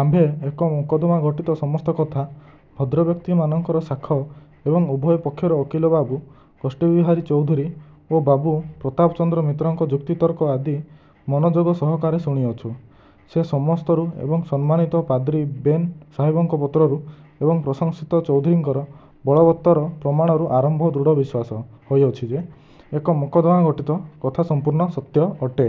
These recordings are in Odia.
''ଆମ୍ଭେ ଏ ମକଦ୍ଦମାଘଟିତ ସମସ୍ତ କଥା, ଭଦ୍ରବ୍ୟକ୍ତିମାନଙ୍କର ସାକ୍ଷ ଏବଂ ଉଭୟ ପକ୍ଷର ଓକିଲ ବାବୁ ଗୋଷ୍ଠବିହାରୀ ଚୌଧୁରୀ ଓ ବାବୁ ପ୍ରତାପଚନ୍ଦ୍ର ମିତ୍ରଙ୍କ ଯୁକ୍ତି ତର୍କ ଆଦି ମନୋଯୋଗ ସହକାରେ ଶୁଣିଅଛୁଁ। ସେ ସମସ୍ତରୁ ଏବଂ ସମ୍ମାନିତ ପାଦ୍ରି ବେନ ସାହେବଙ୍କ ପତ୍ରରୁ ଏବଂ ପ୍ରଶଂସିତ ଚୌଧୁରୀଙ୍କ ବଳବତ୍ତର ପ୍ରମାଣରୁ ଆମ୍ଭର ଦୃଢ଼ ବିଶ୍ୱାସ ହୋଇଅଛି ଯେ, ଏ ମକଦ୍ଦମାଘଟିତ କଥା ସମ୍ପୂର୍ଣ୍ଣ ସତ୍ୟ ଅଟେ।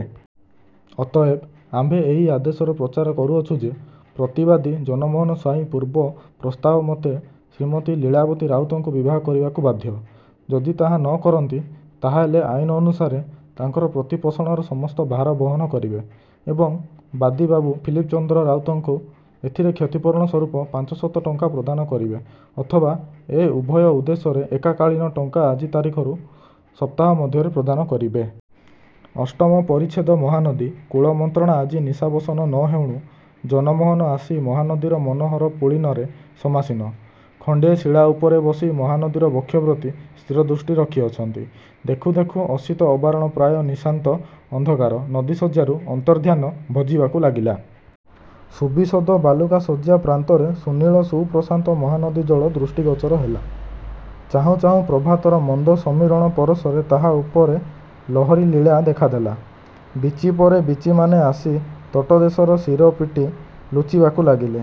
ଅତଏବ ଆମ୍ଭେ ଏହି ଆଦେଶ ପ୍ରଚାର କରୁଅଛୁଁ ଯେ, ପ୍ରତିବାଦୀ ଜନମୋହନ ସ୍ୱାଇଁ ପୂର୍ବ ପ୍ରସ୍ତାବମତେ ଶ୍ରୀମତୀ ଲୀଳାବତୀ ରାଉତଙ୍କୁ ବିବାହ କରିବାକୁ ବାଧ୍ୟ। ଯଦି ତାହା ନ କରନ୍ତି, ତାହାହେଲେ ଆଇନ ଅନୁସାରେ ତାଙ୍କର ପ୍ରତିପୋଷଣର ସମସ୍ତ ଭାର ବହନ କରିବେ ଏବଂ ବାଦୀ ବାବୁ ଫିଲିପଚନ୍ଦ୍ର ରାଉତଙ୍କୁ ଏଥିର କ୍ଷତିପୂରଣସ୍ୱରୂପ ପାଞ୍ଚ ଶତ ଟଙ୍କା ପ୍ରଦାନ କରିବେ ଅଥବା ଏ ଉଭୟ ଉଦ୍ଦେଶ୍ୟରେ ଏକକାଳୀନ ଟଙ୍କା ଆଜି ତାରିଖରୁ ସପ୍ତାହ ମଧ୍ୟରେ ପ୍ରଦାନ କରିବେ। '' ଅଷ୍ଟମ ପରିଚ୍ଛେଦ ମହାନଦୀ କୂଳ ମନ୍ତ୍ରଣା ଆଜି ନିଶାବସାନ ନ ହେଉଣୁ ଜନମୋହନ ଆସି ମହାନଦୀର ମନୋହର ପୁଳିନରେ ସମାସୀନ। ଖଣ୍ଡିଏ ଶିଳା ଉପରେ ବସି ମହାନଦୀର ବକ୍ଷ ପ୍ରତି ସ୍ଥିରଦୃଷ୍ଟି ରଖିଅଛନ୍ତି। ଦେଖୁଁ ଦେଖୁଁ ଅସିତ ଆବରଣ ପ୍ରାୟ ନିଶାନ୍ତ ଅନ୍ଧକାର ନଦୀଶଯ୍ୟାରୁ ଅନ୍ତର୍ଦ୍ଧାନ ଭଜିବାକୁ ଲାଗିଲା। ସୁବିଶଦ ବାଲୁକାଶଯ୍ୟାପ୍ରାନ୍ତରେ ସୁନୀଳ ସୁପ୍ରଶାନ୍ତ ମହାନଦୀଜଳ ଦୃଷ୍ଟିଗୋଚର ହେଲା। ଚାହୁଁ ଚାହୁଁ ପ୍ରଭାତର ମନ୍ଦ ସମୀରଣ ପରଶରେ ତାହା ଉପରେ ଲହରୀଲୀଳା ଦେଖା ଦେଲା। ବୀଚି ପରେ ବୀଚିମାନ ଆସି ତଟଦେଶରେ ଶିର ପିଟି ଲୁଚିବାକୁ ଲାଗିଲେ।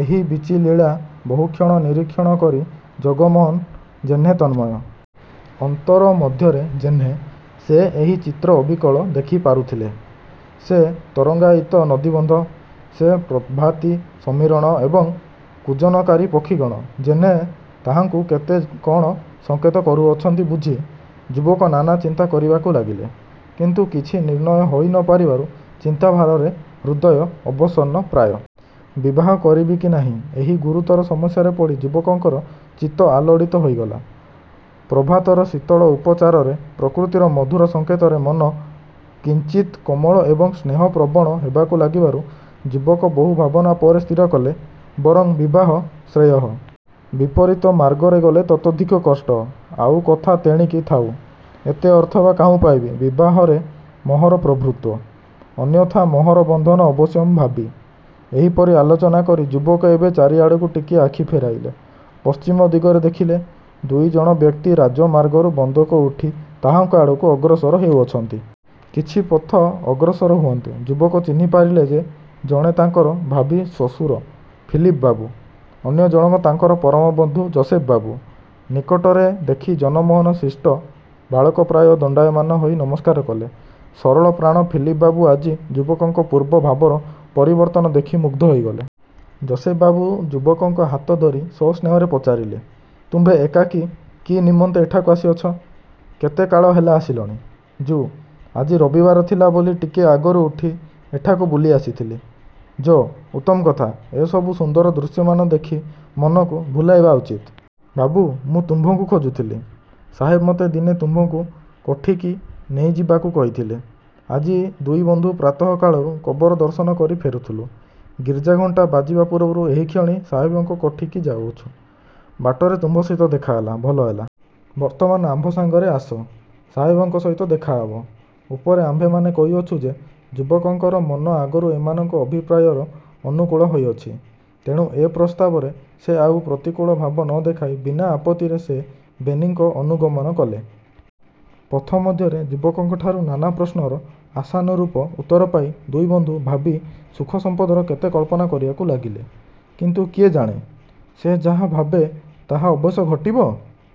ଏହି ବୀଚିଲୀଳା ବହୁକ୍ଷଣ ନିରୀକ୍ଷଣ କରି ଜଗମୋହନ ଯେହ୍ନେ ତନ୍ମୟ। ଅନ୍ତର ମଧ୍ୟରେ ଯେହ୍ନେ ସେ ଏହି ଚିତ୍ର ଅବିକଳ ଦେଖି ପାରୁଥିଲେ। ସେ ତରଙ୍ଗାୟିତ ନଦୀବନ୍ଧ, ସେ ପ୍ରଭାତୀ ସମୀରଣ ଏବଂ କୂଜନକାରୀ ପକ୍ଷିଗଣ ଯେହ୍ନେ ତାହାଙ୍କୁ କେତେ କଣ ସଙ୍କେତ କରୁଅଛନ୍ତି ବୁଝି, ଯୁବକ ନାନା ଚିନ୍ତା କରିବାକୁ ଲାଗିଲେ। କିନ୍ତୁ କିଛି ନିର୍ଣ୍ଣୟ ହୋଇ ନ ପାରିବାରୁ ଚିନ୍ତାଭାରରେ ହୃଦୟ ଅବସନ୍ନପ୍ରାୟ। 'ବିବାହ କରିବି କି ନାହିଁ' ଏହି ଗୁରୁତର ସମସ୍ୟାରେ ପଡ଼ି ଯୁବକଙ୍କର ଚିତ୍ତ ଆଲୋଡ଼ିତ ହୋଇଗଲା। ପ୍ରଭାତର ଶୀତଳ ଉପଚାରରେ ପ୍ରକୃତିର ମଧୁର ସଙ୍କେତରେ ମନ କିଞ୍ଚିତ୍ କୋମଳ ଏବଂ ସ୍ନେହପ୍ରବଣ ହେବାକୁ ଲାଗିବାରୁ ଯୁବକ ବହୁ ଭାବନା ପରେ ସ୍ଥିର କଲେ, ବରଂ ବିବାହ ଶ୍ରେୟଃ। ବିପରୀତମାର୍ଗରେ ଗଲେ ତତୋଽଧିକ କଷ୍ଟ। ଆଉ କଥା ତେଣିକି ଥାଉ, ଏତେ ଅର୍ଥ ବା କାହୁଁ ପାଇବି? ବିବାହରେ ମୋହର ପ୍ରଭୁତ୍ୱ, ଅନ୍ୟଥା ମୋହର ବନ୍ଧନ ଅବଶ୍ୟମ୍ଭାବୀ। ଏହିପରି ଆଲୋଚନା କରି ଯୁବକ ଏବେ ଚାରିଆଡ଼କୁ ଟିକିଏ ଆଖି ଫେରାଇଲେ। ପଶ୍ଚିମଦିଗରେ ଦେଖିଲେ, ଦୁଇ ଜଣ ବ୍ୟକ୍ତି ରାଜମାର୍ଗରୁ ବନ୍ଧକୁ ଉଠି ତାହାଙ୍କ ଆଡ଼କୁ ଅଗ୍ରସର ହେଉଅଛନ୍ତି। କିଛି ପଥ ଅଗ୍ରସର ହୁଅନ୍ତେ ଯୁବକ ଚିହ୍ନି ପାରିଲେ ଯେ ଜଣେ ତାଙ୍କର ଭାବୀ ଶ୍ୱଶୁର ଫିଲିପ ବାବୁ, ଅନ୍ୟ ଜଣକ ତାଙ୍କର ପରମବନ୍ଧୁ ଯୋଶେଫ ବାବୁ। ନିକଟରେ ଦେଖି ଜନମୋହନ ଶିଷ୍ଟ ବାଳକ ପ୍ରାୟ ଦଣ୍ଡାୟମାନ ହୋଇ ନମସ୍କାର କଲେ। ସରଳପ୍ରାଣ ଫିଲିପ ବାବୁ ଆଜି ଯୁବକଙ୍କ ପୂର୍ବ ଭାବର ପରିବର୍ତ୍ତନ ଦେଖି ମୁଗ୍ଧ ହୋଇଗଲେ। ଯୋଶେଫ ବାବୁ ଯୁବକଙ୍କ ହାତ ଧରି ସସ୍ନେହରେ ପଚାରିଲେ, ''ତୁମ୍ଭେ ଏକାକୀ କି ନିମନ୍ତେ ଏଠାକୁ ଆସିଅଛ? କେତେକାଳ ହେଲା ଆସିଲଣି? '' ଯୁ- ଆଜି ରବିବାର ଥିଲା ବୋଲି ଟିକିଏ ଆଗରୁ ଉଠି ଏଠାକୁ ବୁଲିଆସିଥିଲି। ଯୋ- ଉତ୍ତମ କଥା, ଏ ସବୁ ସୁନ୍ଦର ଦୃଶ୍ୟମାନ ଦେଖି ମନକୁ ଭୁଲାଇବା ଉଚିତ। ବାବୁ, ମୁଁ ତୁମ୍ଭଙ୍କୁ ଖୋଜୁଥିଲି। ସାହେବ ମୋତେ ଦିନେ ତୁମ୍ଭଙ୍କୁ କୋଠିକି ନେଇଯିବାକୁ କହିଥିଲେ। ଆଜି ଦୁଇ ବନ୍ଧୁ ପ୍ରାତଃକାଳରୁ କବର ଦର୍ଶନ କରି ଫେରୁଥିଲୁଁ। ଗିର୍ଜାଘଣ୍ଟା ବାଜିବା ପୂର୍ବରୁ ଏହିକ୍ଷଣି ସାହେବଙ୍କ କୋଠିକି ଯାଉଅଛୁଁ। ବାଟରେ ତୁମ୍ଭ ସହିତ ଦେଖା ହେଲା, ଭଲ ହେଲା। ବର୍ତ୍ତମାନ ଆମ୍ଭ ସଙ୍ଗରେ। ଆସ, ସାହେବଙ୍କ ସହିତ ଦେଖା ହେବ। ଉପରେ ଆମ୍ଭେମାନେ କହିଅଛୁଁ ଯେ ଯୁବକଙ୍କର ମନ ଆଗରୁ ଏମାନଙ୍କ ଅଭିପ୍ରାୟର ଅନୁକୂଳ ହୋଇଅଛି। ତେଣୁ ଏ ପ୍ରସ୍ତାବରେ ସେ ଆଉ ପ୍ରତିକୂଳ ଭାବ ନ ଦେଖାଇ ବିନା ଆପତ୍ତିରେ ସେ ବେନିଙ୍କ ଅନୁଗମନ କଲେ। ପଥ ମଧ୍ୟରେ ଯୁବକଙ୍କଠାରୁ ନାନା ପ୍ରଶ୍ନର ଆଶାନୁରୂପ ଉତ୍ତର ପାଇ ଦୁଇ ବନ୍ଧୁ ଭାବୀ ସୁଖ ସମ୍ପଦର କେତେ କଳ୍ପନା କରିବାକୁ ଲାଗିଲେ। କିନ୍ତୁ କିଏ ଜାଣେ, ସେ ଯାହା ଭାବେ, ତାହା ଅବଶ୍ୟ ଘଟିବ?